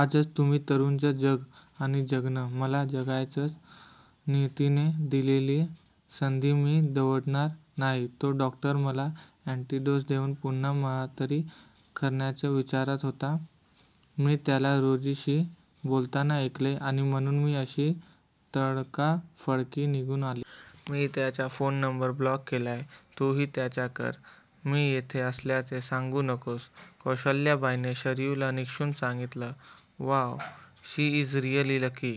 आजच तुम्हा तरुणांचं 'जग' आणि 'जगणं ' मला जगायचंय! नियतीने दिलेली संधी मी दवडणार नाही! तो डॉक्टर मला ऍंटीडोस देऊन पुन्हा म्हातारी करण्याच्या विचारात होता! मी त्याला रोजीशी बोलताना ऐकलंय! आणि म्हणून मी अशी तडकाफडकी निघून आले! मी त्याचा फोन नंबर ब्लॉक केलाय! तू हि त्याचा कर! मी येथे असल्याचे सांगू नकोस! कौसल्याबाईंनी शरयूला निक्षून सांगितले. Wow! She is really lucky!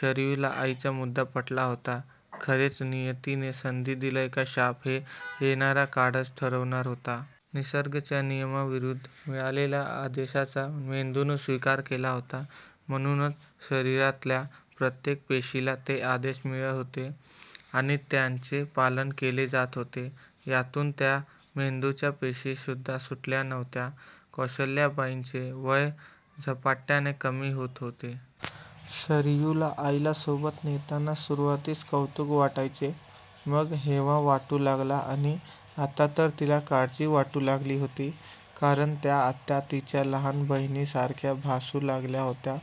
शरयूला आईचा मुद्दा पटला होता! खरेच नियतीने 'संधी' दिलीयय का, 'शाप ' हे येणारा काळच ठरवणार होता! निसर्गच्या नियमाविरुद्ध मिळालेल्या आदेशाचा मेंदूने स्वीकार केला होता! म्हणूनच शरीरातल्या प्रत्येक पेशीला ते आदेश मिळत होते! आणि त्यांचे पालन केले जात होते! यातून त्या मेंदूच्या पेशी सुद्धा सुटल्या नव्हत्या! कौसल्याबाईंचे वय झपाट्याने कमी होत होते. शरयूला आईला सोबत नेताना सुरवातीस कौतुक वाटायचे, मग हेवा वाटू लागला आणि आता तर तिला काळजी वाटू लागली होती. कारण त्या आता तिच्या लहान बहिणी सारख्या भासू लागल्या होत्या!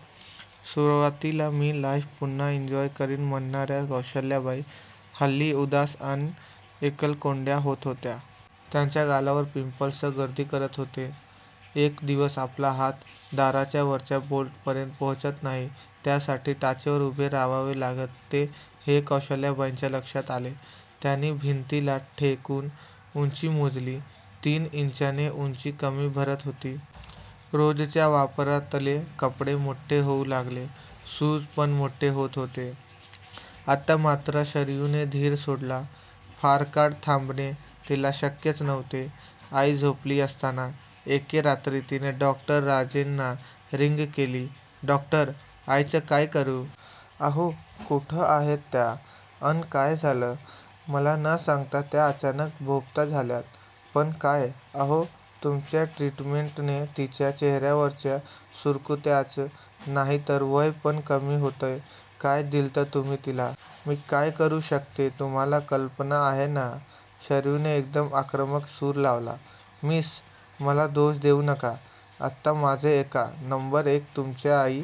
सुरवातीला मी लाईफ पुन्हा एन्जॉय करीन म्हणणाऱ्या कौसल्याबाई, हल्ली उदास अन एक्कलकोंड्या होत होत्या! त्यांच्या गालावर पिंपल्स गर्दी करत होते! एक दिवस आपला हात दाराच्या वरच्या बोल्ट पर्यंत पोहचत नाही, त्या साठी टाचेवर उभे रहावे लागते हे कौसल्याबाईंच्या लक्षात आले. त्यांनी भिंतीला टेकून उंची मोजली. तीन इंचाने उंची कमी भरत होती! रोजच्या वापरातले कपडे मोठे होऊ लागले, शूज पण मोठे होत होते. आता मात्र शरयूने धीर सोडला. फारकाळ थांबणे तिला शक्यच नव्हते. आई झोपली असताना, एके रात्री तिने डॉ. राजेंना रिंग केली. " डॉक्टर, आईच काय करू? " "अहो, कुठं आहेत त्या? अन काय झालंय? मला न सांगता त्या अचानक बेपत्ता झाल्यात! " "पण काय? " "अहो, तुमच्या ट्रीटमेंटने तिच्या चेहऱ्यावरच्या सुरकुत्याच, नाही तर वय पण कमी होतंय! काय दिलंत तुम्ही तिला? मी काय करू शकते तुम्हाला कल्पना आहे ना? " शरयूने एकदम आक्रमक सूर लावला. "मिस! मला दोष देऊ नका! आता माझे ऐका! नंबर एक, तुमच्या आई,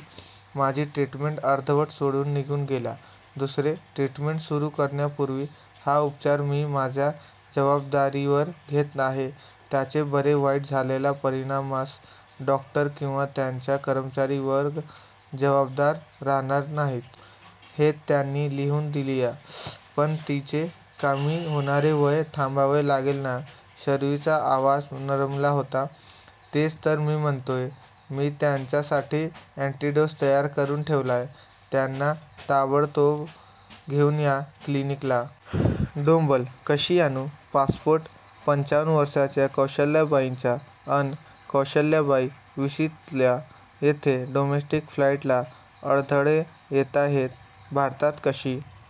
माझी ट्रीटमेंट अर्धवट सोडून निघून गेल्या. दुसरे, ट्रीटमेंट सुरु करण्यापूर्वी 'हा उपचार, मी माझ्या जवाबदारीवर घेत आहे, त्याचे बरे वाईट झालेल्या परिणामास डॉक्टर किंवा त्यांचा कर्मचारी वर्ग जवाबदार रहाणार नाहीत. हे त्यांनी लिहून दिलीय! " "पण तिचे कमी होणारे वय थांबवावे लागेल ना? " शरयूचा आवाज नरमला होता. " तेच तर मी म्हणतोय! मी त्यांच्या साठी ऍंटीडोस तयार करून ठेवलाय! त्यांना ताबडतोब घेऊन या क्लिनिकला! " डोंबल! कशी आणू? पासपोर्ट, पंचावन्न वर्षाच्या कौसल्याबाईचा अन कौशल्याबाई विशीतल्या! येथे डोमॅस्टिक फ्लाईटला अडथळे येताहेत, भारतात कशी